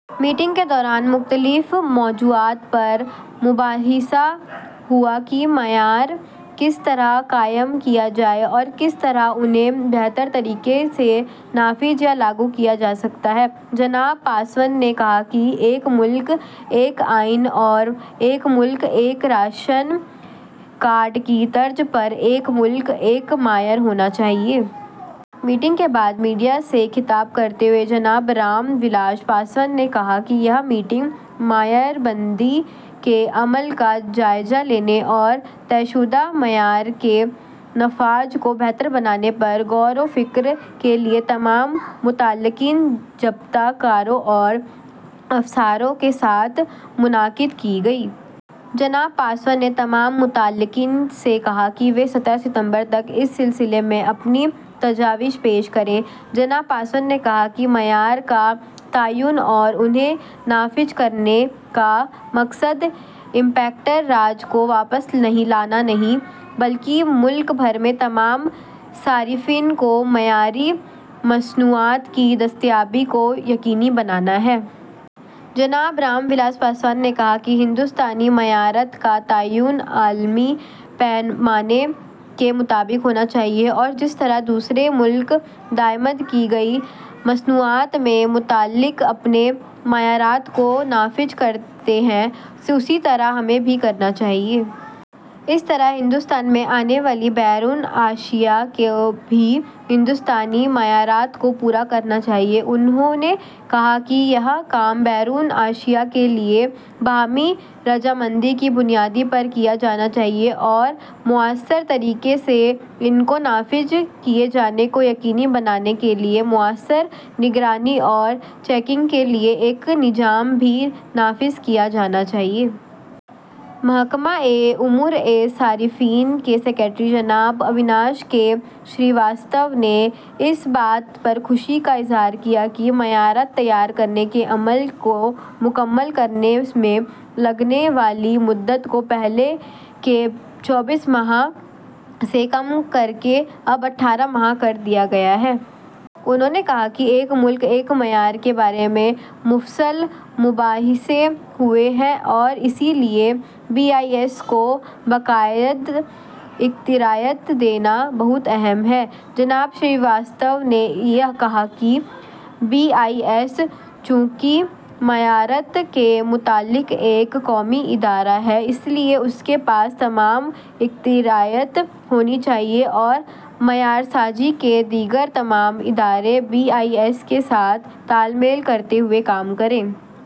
Meeting کے دوران مختلف موضوعات پر مباحثہ ہوا کہ معیارات کس طرح قائم کیے جائیں اور کس طرح انہیں بہتر طریقے سے نافذ یا لاگو کیا جا سکتا ہے۔ جناب پاسوان نے کہا کہ ایک ملک ایک آئین اور ایک ملک ایک راشن کارڈ کی طرز پر ایک ملک ایک معیار ہونا چاہیے۔ میٹنگ کے بعد میڈیا سے خطاب کرتے ہوئے جناب رام ولاس پاسوان نے کہا کہ یہ میٹنگ معیار بندی کے عمل کا جائزہ لینے اور طے شدہ معیارات کے نفاذ کو بہتر بنانے پر غور و خوض کے لیے تمام متعلقین، ضابطہ کاروں اور افسروں کے ساتھ منعقد کی گئی۔ جناب پاسوان نے تمام متعلقین سے کہا کہ وہ سترہ ستمبر تک اس سلسلے میں اپنی تجاویز پیش کریں۔ جناب پاسوان نے کہا کہ معیارات کا تعین اور انہیں نافذ کرنے کا مقصد انسپکٹر راج کو واپس لانا نہیں بلکہ ملک بھر کے تمام صارفین کو معیاری مصنوعات کی دستیابی کو یقینی بنانا ہے۔ جناب رام ولاس پاسوان نے کہا کہ ہندوستانی معیارات کا تعین عالمی پیمانوں کے مطابق ہونا چاہیے اور جس طرح دوسرے ملک درآمد شدہ مصنوعات سے متعلق اپنے معیارات کو نافذ کرتے ہیں، اسی طرح ہمیں بھی کرنا چاہیے۔ اسی طرح ہندوستان میں آنے والی غیر ملکی اشیا کو بھی ہندوستانی معیارات کو پورا کرنا چاہیے۔ انہوں نے کہا کہ یہ کام بین الاقوامی اشیا کے لیے باہمی رضامندی کی بنیاد پر کیا جانا چاہیے اور مؤثر طریقے سے ان کو نافذ کیے جانے کو یقینی بنانے کے لیے مؤثر نگرانی اور چیکنگ کے لیے ایک نظام بھی نافذ کیا جانا چاہیے۔ محکمہ امور صارفین کے سکریٹری جناب اویناش کے شریواستو نے اس بات پر خوشی کا اظہار کیا کہ معیارات تیار کرنے کے عمل کو مکمل کرنے میں لگنے والی مدت کو پہلے کے چوبیس ماہ سے کم کرکے اب اٹھارہ ماہ کر دیا گیا ہے۔ انہوں نے کہا کہ ایک ملک ایک معیار کے بارے میں مفصل مباحثے ہوئے ہیں اور اسی لیے بی آئی ایس کو بااختیار بنایا جانا بہت اہم ہے۔ جناب شریواستو نے کہا کہ بی آئی ایس چونکہ معیارات سے متعلق ایک قومی ادارہ ہے، اس لیے اس کے پاس باقی اختیارات ہونے چاہئیں اور معیار سازی کے دیگر تمام اداروں کو بی آئی ایس کے ساتھ تال میل کرتے ہوئے کام کرنا چاہیے۔